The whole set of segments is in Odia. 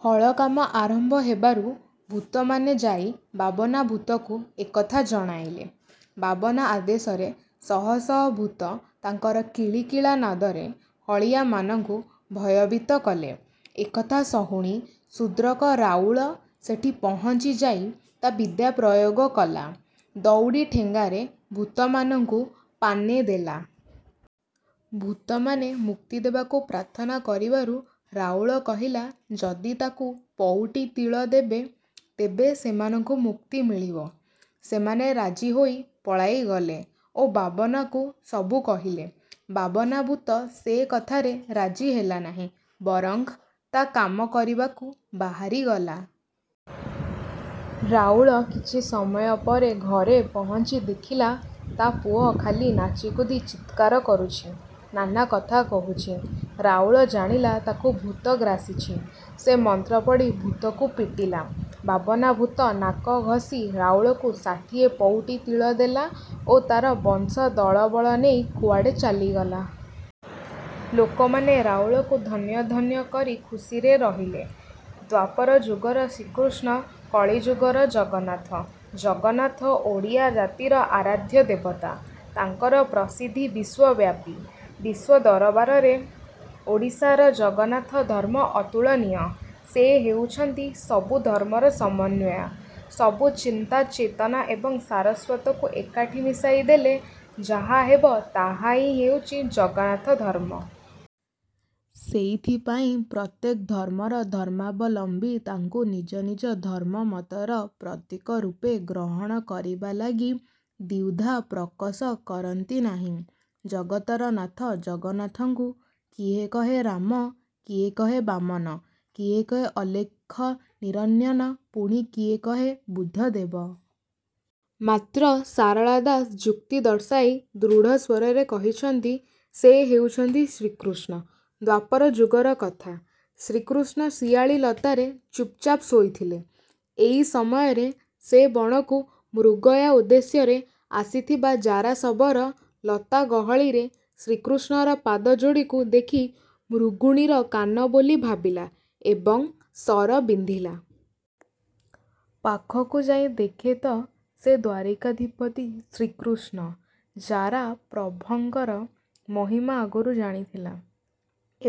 " ହଳ କାମ ଆରମ୍ଭ ହେବାରୁ ଭୁତମାନେ ଯାଇ ବାବନାଭୁତକୁ ଏକଥା ଜଣାଇଲେ। ବାବନା ଆଦେଶରେ ଶହ ଶହ ଭୁତ ତାଙ୍କର କିଳିକିଳା ନାଦରେ ହଳିଆମାନଙ୍କୁ ଭୟଭୀତ କଲେ। ଏକଥା ଶ୍ହୁଣି ଶୁଦ୍ରକ ରାଉଳ ସେଠି ପହଙ୍ଚିଯାଇ ତା ବିଦ୍ୟା ପ୍ରୟୋଗ କଲା, ଦଉଡି ଠେଙ୍ଗାରେ ଭୁତମାନଙ୍କୁ ପାନେ ଦେଲା। ଭୁତମାନେ ମୁକ୍ତିଦେବାକୁ ପ୍ରାର୍ଥନା କରିବାରୁ ରାଉଳ କହିଲା ଯଦି ତାକୁ ପଉଟି ତିଳ ଦେବେ, ତେବେ ସେମାନଙ୍କୁ ମୁକ୍ତି ମିଳିବ। ସେମାନେ ରାଜି ହୋଇ ପଳାଇଗଲେ ଓ ବାବନାକୁ ସବୁ କହିଲେ। ବାବନାଭୁତ ସେ କଥାରେ ରାଜି ହେଲାନାହିଁ, ବରଙ୍ଗ୍ ତା କାମ କରିବାକୁ ବାହାରି ଗଲା। ରାଉଳ କିଛି ସମୟପରେ ଘରେ ପହନ୍ଚି ଦେଖିଲା ତା ପୁଅ ଖାଲି ନାଚିକୁଦି ଚିତ୍କାର କରୁଛି, ନାନା କଥା କହୁଛି। ରାଉଳ ଜାଣିଲା ତାକୁ ଭୁତ ଗ୍ରାସିଛି। ସେ ମନ୍ତ୍ର ପଢ଼ି ଭୁତକୁ ପିଟିଲା। ବାବନାଭୁତ ନାକ ଘଷି ରାଉଳକୁ ଷାଠିଏ ପଉଟି ତିଳ ଦେଲା ଓ ତାର ବଂଶ ଦଳବଳ ନେଇ କୁଅଡେ ଚାଲିଗଲା। ଲୋକମାନେ ରାଉଳକୁ ଧନ୍ୟ ଧନ୍ୟ କରି ଖୁସିରେ ରହିଲେ। ଦ୍ୱାପର ଯୁଗର ଶ୍ରୀକୃଷ୍ଣ କଳିଯୁଗର ଜଗନ୍ନାଥ ଜଗନ୍ନାଥ ଓଡ଼ିଆ ଜାତିର ଆରାଧ୍ୟ ଦେବତା, ତାଙ୍କର ପ୍ରସିଦ୍ଧି ବିଶ୍ୱବ୍ୟାପୀ। ବିଶ୍ୱ ଦରବାରରେ ଓଡ଼ିଶାର ଜଗନ୍ନାଥ ଧର୍ମ ଅତୁଳନୀୟ, ସେ ହେଉଛନ୍ତି ସବୁ ଧର୍ମର ସମନ୍ୱୟ। ସବୁ ଚିନ୍ତା ଚେତନା ଏବଂ ସାରସ୍ୱତକୁ ଏକାଠି ମିଶାଇ ଦେଲେ ଯାହା ହେବ ତାହା ହିଁ ହେଉଛି ଜଗନ୍ନାଥ ଧର୍ମ। ସେଇଥି ପାଇଁ ପ୍ରତ୍ୟେକ ଧର୍ମର ଧର୍ମାବଲମ୍ବୀ ତାଙ୍କୁ ନିଜ ନିଜ ଧର୍ମମତର ପ୍ରତୀକ ରୂପେ ଗ୍ରହଣ କରିବା ଲାଗି ଦ୍ୱିଧା ପ୍ରକଶ କରନ୍ତି ନାହିଁ। ଜଗତର ନାଥ ଜଗନ୍ନାଥଙ୍କୁ କିଏ କହେ 'ରାମ' କିଏ କହେ 'ବାମନ' କିଏ କହେ 'ଅଲେଖ ନିରଞନ' ପୁଣି କିଏ କହେ 'ବୁଦ୍ଧଦେବ'। ମାତ୍ର ଶାରଳା ଦାସ ଯୁକ୍ତି ଦର୍ଶାଇ ଦ୍ରୁଢ ସ୍ୱରରେ କହିଛନ୍ତି, ସେ ହେଉଛନ୍ତି 'ଶ୍ରୀକୃଷ୍ଣ'। ଦ୍ୱାପର ଯୁଗର କଥା। ଶ୍ରୀକୃଷ୍ଣ ଶିଆଳି ଲତାରେ ଚୁପ ଚାପ ଶୋଇଥିଲେ। ଏଇ ସମୟରେ ସେ ବଣକୁ ମୃଗୟା ଉଦ୍ଦେଶ୍ୟରେ ଆସିଥିବା ଜାରାଶବର ଲତା ଗହଳିରେ ଶ୍ରୀକୃଷ୍ଣର ପାଦ ଯୋଡିକୁ ଦେଖି ମୃଗୁଣୀର କାନ ବୋଲି ଭାବିଲା ଏବଂ ଶର ବିନ୍ଧିଲା। ପାଖକୁ ଯାଇ ଦେଖେ ତ ସେ ଦ୍ୱାରିକାଧିପତି ଶ୍ରୀକୃଷ୍ଣ। ଜାରା ପ୍ରଭଙ୍କର ମହିମା ଆଗରୁ ଜାଣିଥିଲା,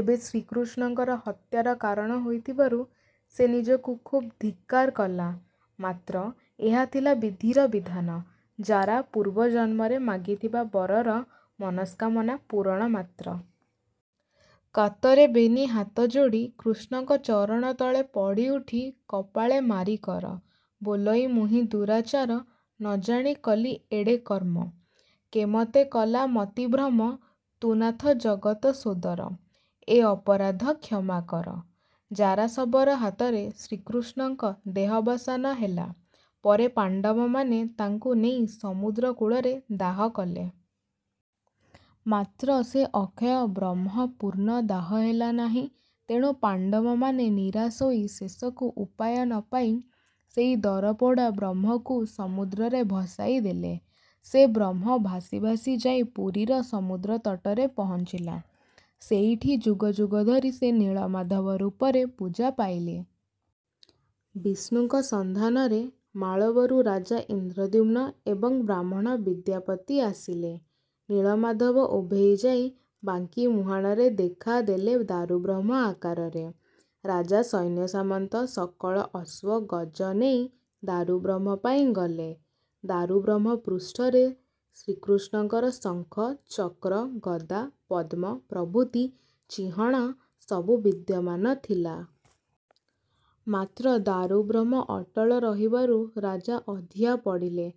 ଏବେ ଶ୍ରୀକୃଷ୍ଣଙ୍କର ହତ୍ୟାର କାରଣ ହୋଇଥିବାରୁ ସେ ନିଜକୁ ଖୁବ ଧିକ୍କାର କଲା। ମାତ୍ର ଏହା ଥିଲା ବିଧିର ବିଧାନ ଜାରା ପୁର୍ବ ଜନ୍ମରେ ମାଗିଥିବା ବରର ମନସ୍କାମନା ପୁରଣ ମାତ୍ର। "କାତରେ ବେନି ହାତ ଯୋଡି, କୃଷ୍ଣଙ୍କ ଚରଣ ତଳେ ପଡି ଉଠି କପାଳେ ମାରି କର, ବୋଲଇ ମୁହିଁ ଦୁରାଚାର ନ ଜାଣି କଲି ଏଡେ କର୍ମ, କେ ମତେ କଲା ମତିଭ୍ରମ ତୁ ନାଥ ଜଗତ ସୋଦର, ଏ ଅପରାଧ କ୍ଷମା କର" ଜାରାଶବର ହାତରେ ଶ୍ରୀକୃଷ୍ଣଙ୍କ ଦେହବସାନ ହେଲା ପରେ ପାଣ୍ଡବମାନେ ତାଙ୍କୁ ନେଇ ସମୁଦ୍ର କୁଳରେ ଦାହ କଲେ। ମାତ୍ର ସେ ଅକ୍ଷୟ ବ୍ରହ୍ମ ପୂର୍ଣ୍ଣ ଦାହ ହେଲା ନାହ୍ହି ତେଣୁ ପାଣ୍ଡବମାନେ ନିରାଶ ହୋଇ ଶେଷକୁ ଉପାୟ ନପାଇ ସେଇ ଦରପୋଡା ବ୍ରହ୍ମକୁ ସମୁଦ୍ରରେ ଭସାଇ ଦେଲେ। ସେ ବ୍ରହ୍ମ ଭାସି ଭାସି ଯାଇ ପୁରୀର ସମୁଦ୍ର ତଟରେ ପହନ୍ଚିଲା। ସେଇଠି ଯୁଗ ଯୁଗ ଧରି ସେ ନୀଳମାଧବ ରୁପରେ ପୂଜା ପାଇଲେ। ବିଷ୍ଣୁଙ୍କ ସନ୍ଧାନରେ ମାଳବରୁ ରାଜା ଇନ୍ଦ୍ରଦ୍ୟୁମ୍ନ ଏବଂ ବ୍ରାହ୍ମଣ ବିଦ୍ୟାପତି ଆସିଲେ। ନୀଳମାଧବ ଉଭେଇ ଯାଇ ବାଙ୍କି ମୁହାଣରେ ଦେଖା ଦେଲେ ଦାରୁବ୍ରହ୍ମ ଆକାରରେ। ରାଜା ସୈନ୍ୟସାମନ୍ତ, ସକଳ ଅଶ୍ୱ ଗଜ ନେଇ "ଦାରୁବ୍ରହ୍ମ" ପାଇଁ ଗଲେ। ଦାରୁବ୍ରହ୍ମ ପ୍ରୁଷ୍ଠରେ ଶ୍ରୀକୃଷ୍ଣଙ୍କର ଶଙ୍ଖ, ଚକ୍ର, ଗଦା, ପଦ୍ମ ପ୍ରଭୃତି ଚିହ୍ଣ ସବୁ ବିଦ୍ୟମାନ ଥିଲା। ମାତ୍ର ଦାରୁବ୍ରହ୍ମ ଅଟଳ ରହିବାରୁ ରାଜା ଅଧିଆ ପଡିଲେ।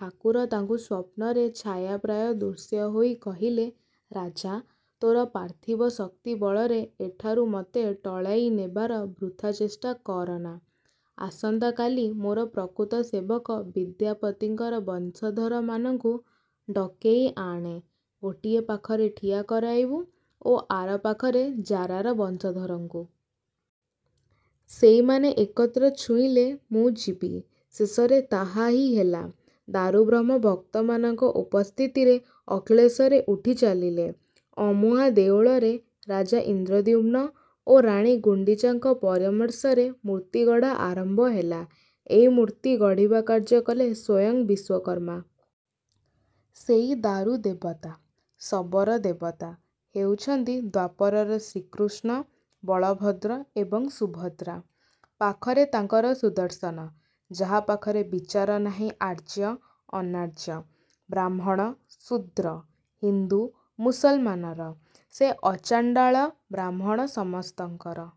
ଠାକୁର ତାଙ୍କୁ ସ୍ୱପ୍ନରେ ଛାୟାପ୍ରାୟ ଦୃଶ୍ୟ ହୋଇ କହିଲେ "ରାଜା, ତୋର ପାର୍ଥିବ ଶକ୍ତି ବଳରେ ଏଠାରୁ ମୋତେ ଟଳେଇ ନେବାର ବୃଥା ଚେଷ୍ଟା କରନା। ଆସନ୍ତା କାଲି ମୋର ପ୍ରକୃତ ସେବକ ବିଦ୍ୟାପତିଙ୍କର ବଂଶଧରମାନଙ୍କୁ ଡକେଇ ଆଣି ଗୋଟିଏ ପାଖରେ ଠିଆ କରାଇବୁ ଓ ଆର ପାଖରେ ଜାରାର ବଂଶଧରଙ୍କୁ। ସେଇମାନେ ଏକତ୍ର ଛୁଇଁଲେ ମୁଁ ଯିବି"। ଶେଷରେ ତାହା ହି ହେଲା। ଦାରୁବ୍ରହ୍ମ ଭକ୍ତମାନଙ୍କ ଉପସ୍ଥିତିରେ ଅକ୍ଳେଶରେ ଉଠି ଚାଲିଲେ। ଅମୁହାଁ ଦେଉଳରେ ରାଜା ଇନ୍ଦ୍ରଦ୍ୟୁମ୍ନ ଓ ରାଣୀ ଗୁଣ୍ଡିଚାଙ୍କ ପରାମର୍ଶରେ ମୂର୍ତ୍ତୀଗଢା ଆରମ୍ଭ ହେଲା। ଏଇ ମୂର୍ତ୍ତୀ ଗଢିବା କାର୍ଯ଼୍ୟ କଲେ ସ୍ୱୟଂ ବିଶ୍ୱକର୍ମା। ସେଇ ଦାରୁ ଦେବତା।।। ଶବର ଦେବତା।।। ହେଉଛନ୍ତି ଦ୍ୱାପରର ଶ୍ରୀକୃଷ୍ଣ ବଳଭଦ୍ର ଏବଂ ସୁଭଦ୍ରା! ପାଖରେ ତାଙ୍କର ସୁଦର୍ଶନ। ଯାହା ପାଖରେ ବିଚାର ନାହିଁ ଆର୍ଯ଼୍ୟ, ଅନାର୍ଯ଼୍ୟ, ବ୍ରାହ୍ମଣ, ଶୁଦ୍ର, ହିନ୍ଦୁ, ମୁସଲମାନର। ସେ ଆଚାଣ୍ଡାଳ ବ୍ରାହ୍ମଣ ସମସ୍ତଙ୍କର।